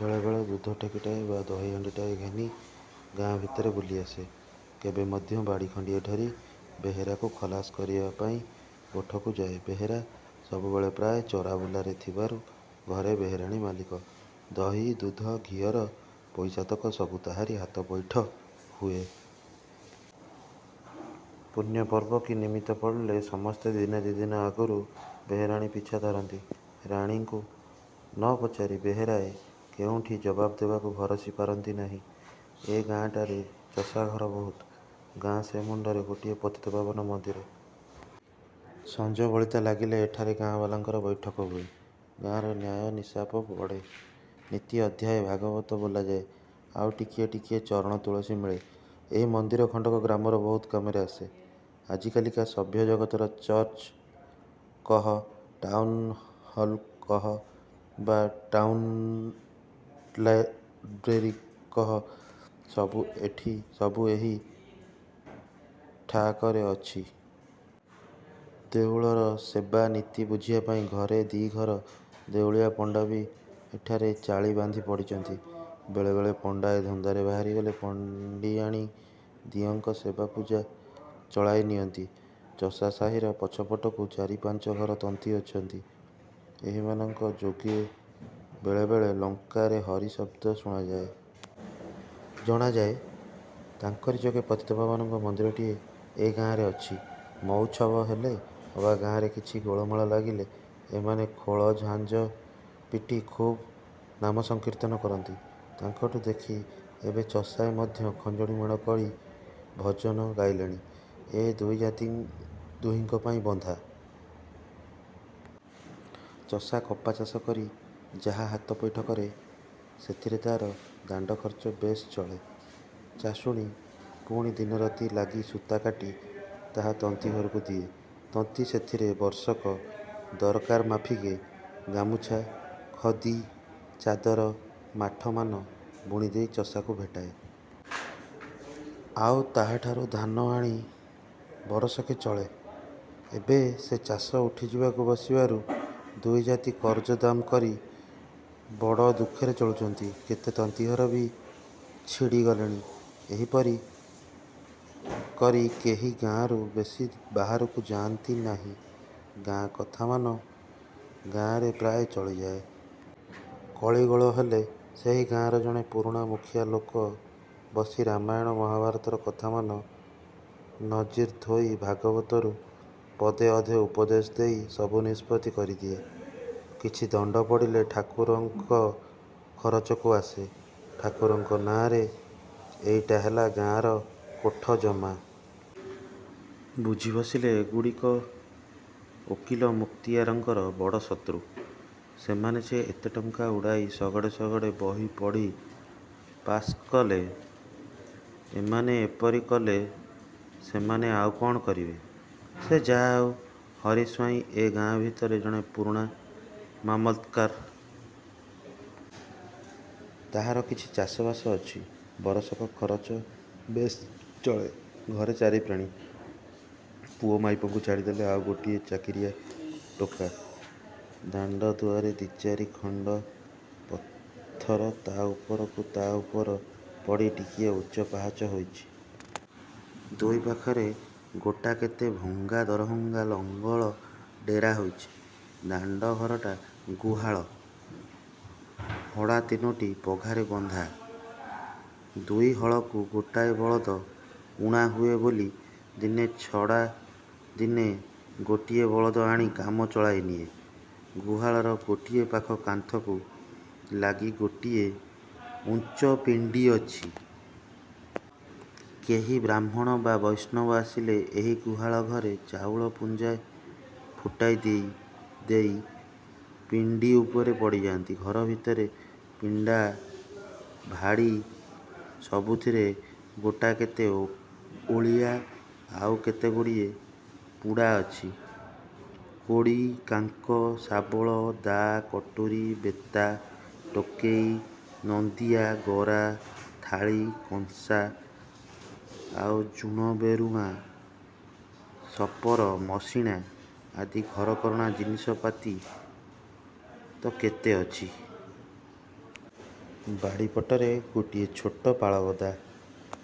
ବେଳେ ବେଳେ ଦୁଧ ଠେକିଟାଏ ବା ଦହି ହାଣ୍ତିଟାଏ ଘେନି ଗାଁ ଭିତରେ ବୁଲି ଆସେ। କେବେ ମଧ୍ୟ ବାଡ଼ି ଖଣ୍ତିଏ ଧରି ବେହେରାକୁ ଖଲାସ କରିବାପାଇଁ ଗୋଠକୁ ଯାଏ। ବେହେରା ସବୁବେଳେ ପ୍ରାୟ ଚରା ବୁଲାରେ ଥିବାରୁ ଘରେ ବେହେରାଣୀ ମାଲିକ। ଦହି ଦୁଧ ଘିଅର ପଇସାତକ ସବୁ ତାହାରି ହାତପୈଠ ହୁଏ। ପୁଣ୍ୟ ପର୍ବ କି ନିମିତ୍ତ ପଡ଼ିଲେ ସମସ୍ତେ ଦିନେ ଦି' ଦିନ ଆଗରୁ ବେହେରାଣୀ ପିଛା ଧରନ୍ତି। ରାଣୀଙ୍କୁ ନ ପଚାରି ବେହେରାଏ କେଉଁଠି ଜବାବ ଦେବାକୁ ଭରସି ପାରନ୍ତି ନାହିଁ। ଏ ଗାଁଟାରେ ଚଷା ଘର ବହୁତ। ଗାଁ ସେମୁଣ୍ତରେ ଗୋଟିଏ ପତିତପାବନ ମନ୍ଦିର। ସଞ୍ଜବଳିତା ଲାଗିଲେ ଏଠାରେ ଗାଁବାଲାଙ୍କର ବୈଠକ ହୁଏ। ଗାଁର ନ୍ୟାୟ ନିଶାପ ପଡ଼େ। ନିତି ଅଧ୍ୟାୟେ ଭାଗବତ ବୋଲାଯାଏ, ଆଉ ଟିକିଏ ଟିକିଏ ଚରଣ-ତୁଳସୀ ମିଳେ। ଏହି ମନ୍ଦିର ଖଣ୍ତିକ ଗ୍ରାମର ବହୁତ କାମରେ ଆସେ। ଆଜିକାଲିକା ସଭ୍ୟ ଜଗତର ଚର୍ଚ୍ଚ କହ ଟାଉନ୍ହଲ୍ କହ ବା ଟାଉନ୍ଲାଇବ୍ରେରୀ କହ, ସବୁ ଏହି ଠାଆକରେ ଅଛି। ଦେଉଳର ସେବା ନିତି ବୁଝିବାପାଇଁ ଘରେ ଦି'ଘର ଦେଉଳିଆ ପଣ୍ତା ବି ଏଠାରେ ଚାଳି ବାନ୍ଧି ପଡ଼ିଛନ୍ତି। ବେଳେ ବେଳେ ପଣ୍ତାଏ ଧନ୍ଦାରେ ବାହାରିଗଲେ ପଣ୍ତିଆଣୀ ଦିଅଁଙ୍କ ସେବା ପୂଜା ଚଳାଇ ନିଅନ୍ତି। ଚଷା ସାହିର ପଛପଟକୁ ଚାରି ପାଞ୍ଚ ଘର ତନ୍ତୀ ଅଛନ୍ତି। ଏହିମାନଙ୍କ ଯୋଗେ ବେଳେ ବେଳେ ଲଙ୍କାରେ ହରି ଶବ୍ଦ ଶୁଣାଯାଏ। ଜଣାଯାଏ, ତାଙ୍କରି ଯୋଗେ ପତିତପାବନଙ୍କ ମନ୍ଦିରଟି ଏ ଗାଁରେ ଅଛି। ମଉଛବ ହେଲେ ଅବା ଗାଁରେ କିଛି ଗୋଳମାଳ ଲାଗିଲେ ଏମାନେ ଖୋଳ ଝାଞ୍ଜ ପିଟି ଖୁବ ନାମ ସଂକୀର୍ତ୍ତନ କରନ୍ତି। ତାଙ୍କଠୁଁ ଦେଖି ଏବେ ଚଷାଏ ମଧ୍ୟ ଖଞ୍ଜଣିମାଡ଼ କରି ଭଜନ ଗାଇଲେଣି। ଏ ଦୁଇ ଜାତି ଦୁହିଙ୍କ ପାଇଁ ବନ୍ଧା। ଚଷା କପା ଚାଷ କରି ଯାହା ହାତପୈଠ କରେ, ସେଥିରେ ତାର ଦାଣ୍ତ ଖରଚ ବେଶ ଚଳେ। ଚାଷୁଣୀ ପୁଣି ଦିନ ରାତି ଲାଗି ସୂତା କାଟି ତାହା ତନ୍ତୀ ଘରକୁ ଦିଏ। ତନ୍ତୀ ସେଥିରେ ବର୍ଷକ ଦରକାରମାଫିକେ ଗାମୁଛା, ଖଦି, ଚାଦର, ମାଠମାନ ବୁଣିଦେଇ ଚଷାକୁ ଭେଟାଏ। ଆଉ ତାହାଠାରୁ ଧାନ ଆଣି ବରଷକ ଚଳେ। ଏବେ ସେ ଚାଷ ଉଠିଯିବାକୁ ବସିବାରୁ ଦୁଇ ଜାତି କରଜଦାମ କରି ବଡ଼ ଦୁଃଖରେ ଚଳୁଛନ୍ତି। କେତେ ତନ୍ତିଘର ବି ଛିଡ଼ି ଗଲେଣି। ଏହିପରି କରି କେହି ଗାଁରୁ ବେଶି ବାହାରକୁ ଯାନ୍ତି ନାହିଁ। ଗାଁକଥାମାନ ଗାଁରେ ପ୍ରାୟ ଚଳିଯାଏ। କଳିଗୋଳ ହେଲେ ସେହି ଗାଁର ଜଣେ ପୁରୁଣା ମୁଖିଆ ଲୋକ ବସି ରାମାୟଣ ମହାଭାରତର କଥାମାନ ନଜୀର ଥୋଇ ଭାଗବତରୁ ପଦେ ଅଧେ ଉପଦେଶ ଦେଇ ସବୁ ନିଷ୍ପତ୍ତି କରିଦିଏ। କିଛି ତଣ୍ତ ପଡ଼ିଲେ ଠାକୁରଙ୍କ ଖରଚକୁ ଆସେ। ଠାକୁରଙ୍କ ନାଁରେ ଏଇଟା ହେଲା ଗାଁର କୋଠ ଜମା। ବୁଝି ବସିଲେ ଏଗୁଡ଼ିକ ଓକିଲ ମୁକ୍ତିଆରଙ୍କର ବଡ଼ ଶତ୍ରୁ। ସେମାନେ ଯେ ଏତେ ଟଙ୍କା ଉଡ଼ାଇ ଶଗଡ଼େ ଶଗଡ଼େ ବହି ପଢ଼ି ପାସ୍କଲେ, ଏମାନେ ଏପରି କଲେ ସେମାନେ ଆଉ କଣ କରିବେ! ସେ ଯାହାହେଉ ହରି ସ୍ୱାଇଁ ଏ ଗାଁ ଭିତରେ ଜଣେ ପୁରୁଣା ମାମଲତ୍କାର। ତାହାର କିଛି ଚାଷ ବାସ ଅଛି। ବରଷକ ଖରଚ ବେଶ୍ ଚଳେ। ଘରେ ଚାରି ପ୍ରାଣୀ। ପୁଅ ମାଇପଙ୍କୁ ଛାଡ଼ିଦେଲେ ଆଉ ଗୋଟିଏ ଚାକିରିଆ ଟୋକା। ଦାଣ୍ତ ଦୁଆରେ ଦି'ଚାରି ଖଣ୍ତ ପଥର ତା ଉପରକୁ ତା ଉପର ପଡ଼ି ଟିକିଏ ଉଚ୍ଚ ପାହାଚ ହୋଇଛି। ଦୁଇ ପାଖରେ ଗୋଟାକେତେ ଭଙ୍ଗା ଦରଭଙ୍ଗା ଲଙ୍ଗଳ ଡେରା ହୋଇଛି। ଦାଣ୍ତ ଘରଟା ଗୁହାଳ। ହଡ଼ା ତିନୋଟି ପଘାରେ ବନ୍ଧା। ଦୁଇ ହଳକୁ ଗୋଟାଏ ବଳଦ ଊଣା ହୁଏ ବୋଲି ଦିନେ ଛଡ଼ା ଦିନେ ଗୋଟିଏ ବଦଳି ଆଣି କାମ ଚଳାଇନିଏ। ଗୁହାଳର ଗୋଟିଏ ପାଖ କାନ୍ଥକୁ ଲାଗି ଗୋଟିଏ ଉଞ୍ଚ ପିଣ୍ତୀ ଅଛି। କେହି ବ୍ରାହ୍ମଣ ବା ବୈଷ୍ଣବ ଆସିଲେ ଏହି ଗୁହାଳ ଘରେ ଚାଉଳ ପୁଞ୍ଜାଏ ଫୁଟାଇ ଦେଇ। ପିଣ୍ତୀ ଉପରେ ପଡ଼ିଯାନ୍ତି। ଘର ଭିତରେ ପିଣ୍ତା ଭାଡ଼ି ସବୁଥିରେ ଗୋଟାକେତେ ଓଳିଆ ଆଉ କେତେଗୁଡ଼ିଏ ପୁଡ଼ା ଅଛି। କୋଡ଼ି, କାଙ୍କ, ଶାବଳ, ଦା, କଟୁରୀ, ବେତା, ଟୋକେଇ, ନନ୍ଦିଆ, ଗରା, ଥାଳି, କଂସା ଆଉ ଜୁଣ-ବେରୁଁଆ, ଶପର ମସିଣା ଆଦି ଘରକରଣା ଜିନିଷପାତି ତ କେତେ ଅଛି। ବାଡ଼ିପଟରେ ଗୋଟିଏ ଛୋଟ ପାଳଗଦା।